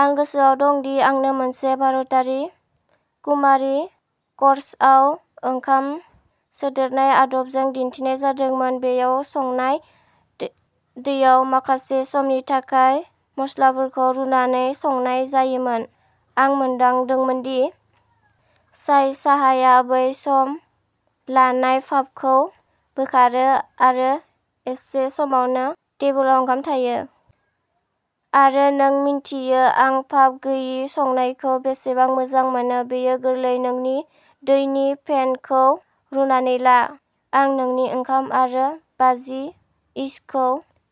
आं गोसोआव दं दि, आंनो मोनसे भारतारि कुमारि कर्सआव ओंखाम सोदेरनाय आदबजों दिन्थिनाय जादोंमोन। बेयाव संनाय दे दैयाव माखासे समनि थाखाय मस्लाफोरखौ रुनानै संनाय जायोमोन। आं मोनदांदोंमोन दि चाय साहाया बै सम लानाय फाफखौ बोखारो आरो एसे समावनो टेबोलाव ओंखाम थायो। आरो नों मिन्थियो आं फाफ गैयि संनायखौ बेसेबां मोजां मोनो! बेयो गोरलै। नोंनि दैनि पेनखौ रुनानै ला। आं नोंनि ओंखाम आरो बाजि इशखौ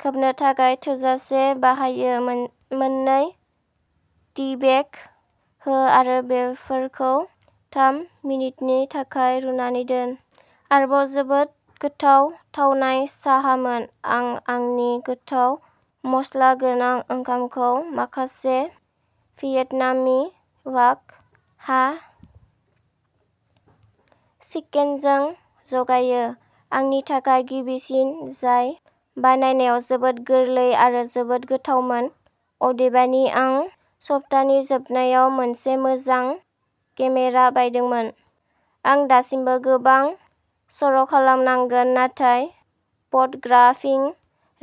खोबनो थाखाय थोजासे बाहायो। मोन मोननै टीबेग हो आरो बेफोरखौ थाम मिनिटनि थाखाय रुनानै दोन। आरोबाव जोबोद गोथाव थावनाय साहामोन! आं आंनि गोथाव मस्ला गोनां ओंखामखौ माखासे भियेटनामी बाक हा चिकेनजों जगायो। आंनि थाखाय गिबिसिन जाय बानायनायाव जोबोद गोरलै आरो जोबोद गोथावमोन! अदेबानि आं सप्तानि जोबनायाव मोनसे मोजां केमेरा बायदोंमोन! आं दासिमबो गोबां सर'खालामनांगोन, नाथाय फट'ग्राफिं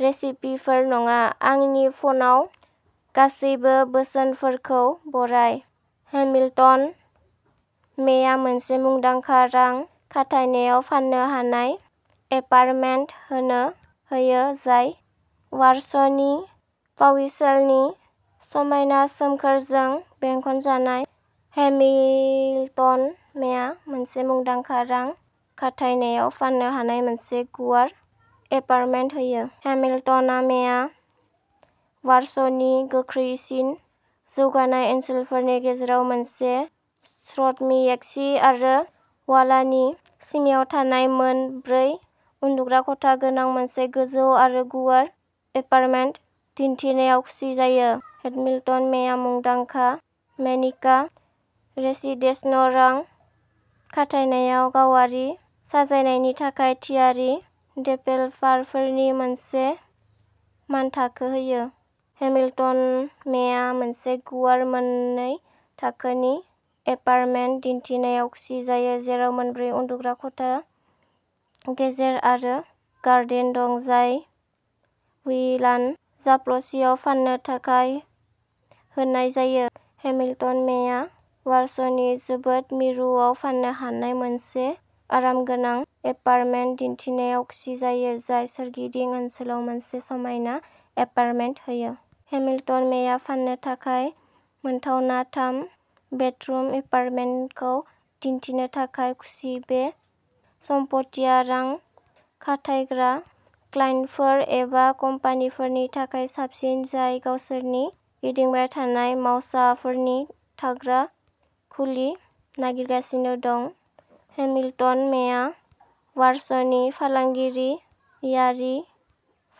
रेसिपिफोर नङा। आंनि फ'नाव। गासैबो बोसोनफोरखौ बराय! हेमिल्टन मेया मोनसे मुंदांखा रां खाथायनायाव फान्नो हानाय एपार्टमेन्ट होनो होयो, जाय वारस'नि पाविस्लेनि समायना सोमखोरजों बेंखनजानाय। हेमिल्टन मेया मोनसे मुंदांखा रां खाथायनायाव फान्नो हानाय मोनसे गुवार एपार्टमेन्ट होयो। हेमिल्टना मेया वारस'नि गोख्रैसिन जौगानाय ओनसोलफोरनि गेजेराव मोनसे श्र'डमिएस्कि आरो व'लानि सिमायाव थानाय मोन ब्रै उन्दुग्रा खथा गोनां मोनसे गोजौ आरो गुवार एपार्टमेन्ट दिनथिनायाव खुसि जायो। हेडमिल्टन मेया मुंदांखा मेनिका रेसिडेसन रां खाथायनायाव गावारि साजायनायनि थाखाय थियारि देभेलपारफोरनि मोनसे मानथाखो होयो। हेमिल्टन मेया मोनसे गुवार, मोननै-थाखोनि एपार्टमेन्ट दिनथिनायाव खुसि जायो, जेराव मोनब्रै उन्दुग्रा खथा, गेजेर आरो गार्डेन दं, जाय विलान'- जाप्ल'चिआव फान्नो थाखाय होनाय जायो। हेमिल्टन मेया वारस'नि जोबोद मिरुआव फान्नो हानाय मोनसे आरामगोनां एपार्टमेन्ट दिनथिनायाव खुसि जायो, जाय सोरगिदिं ओनसोलाव मोनसे समायना एपार्टमेन्ट होयो। हेमिल्टन मेया फान्नो थाखाय मोनथावना थाम बेडरुम एपार्टमेन्टखौ दिन्थिनो थाखाय खुसि। बे सम्फथिया रां खाथायग्रा क्लाइन्टफोर एबा कम्पानिफोरनि थाखाय साबसिन, जाय गावसोरनि गिदिंबाय थानाय मावसाफोरनि थाग्रा खुलि नागिरगासिनो दं। हेमिल्टन मेआ वारस'नि फालांगिरियारि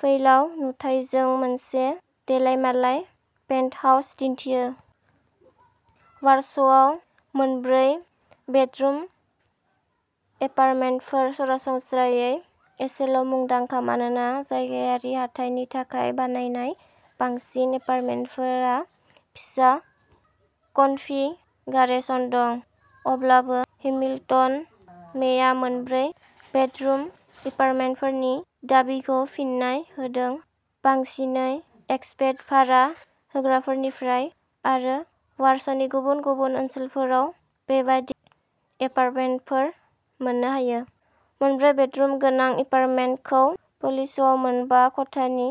फैलाव नुथायजों मोनसे देलायमालाय पेन्टहाउस दिन्थियो। वारस'आव मोनब्रै बेडरुम एपार्टमेन्टफोर सरासनस्रायै एसेल'मुंदांखा, मानोना जायगायारि हाथाइनि थाखाय बानायनाय बांसिन एपार्टमेन्टफोरा फिसा कनफिगारेशन दं। अब्लाबो, हेमिल्टन मेआ मोनब्रै बेडरुम एपार्टमेन्टफोरनि दाबिखौ फिन्नाय होदों, बांसिनै एक्सपेट भारा होग्राफोरनिफ्राय, आरो वारस'नि गुबुन गुबुन ओनसोलफोराव बेबादि एपार्टमेन्टफोर मोननो हायो। मोनब्रै बेडरुम गोनां एपार्टमेन्टखौ पोलिशआव मोनबा खथानि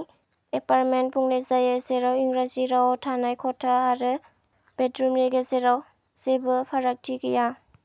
एपार्टमेन्ट बुंनाय जायो, जेराव इंराजि रावाव थानाय खथा आरो बेडरुमनि गेजेराव जेबो फारागथि गैया।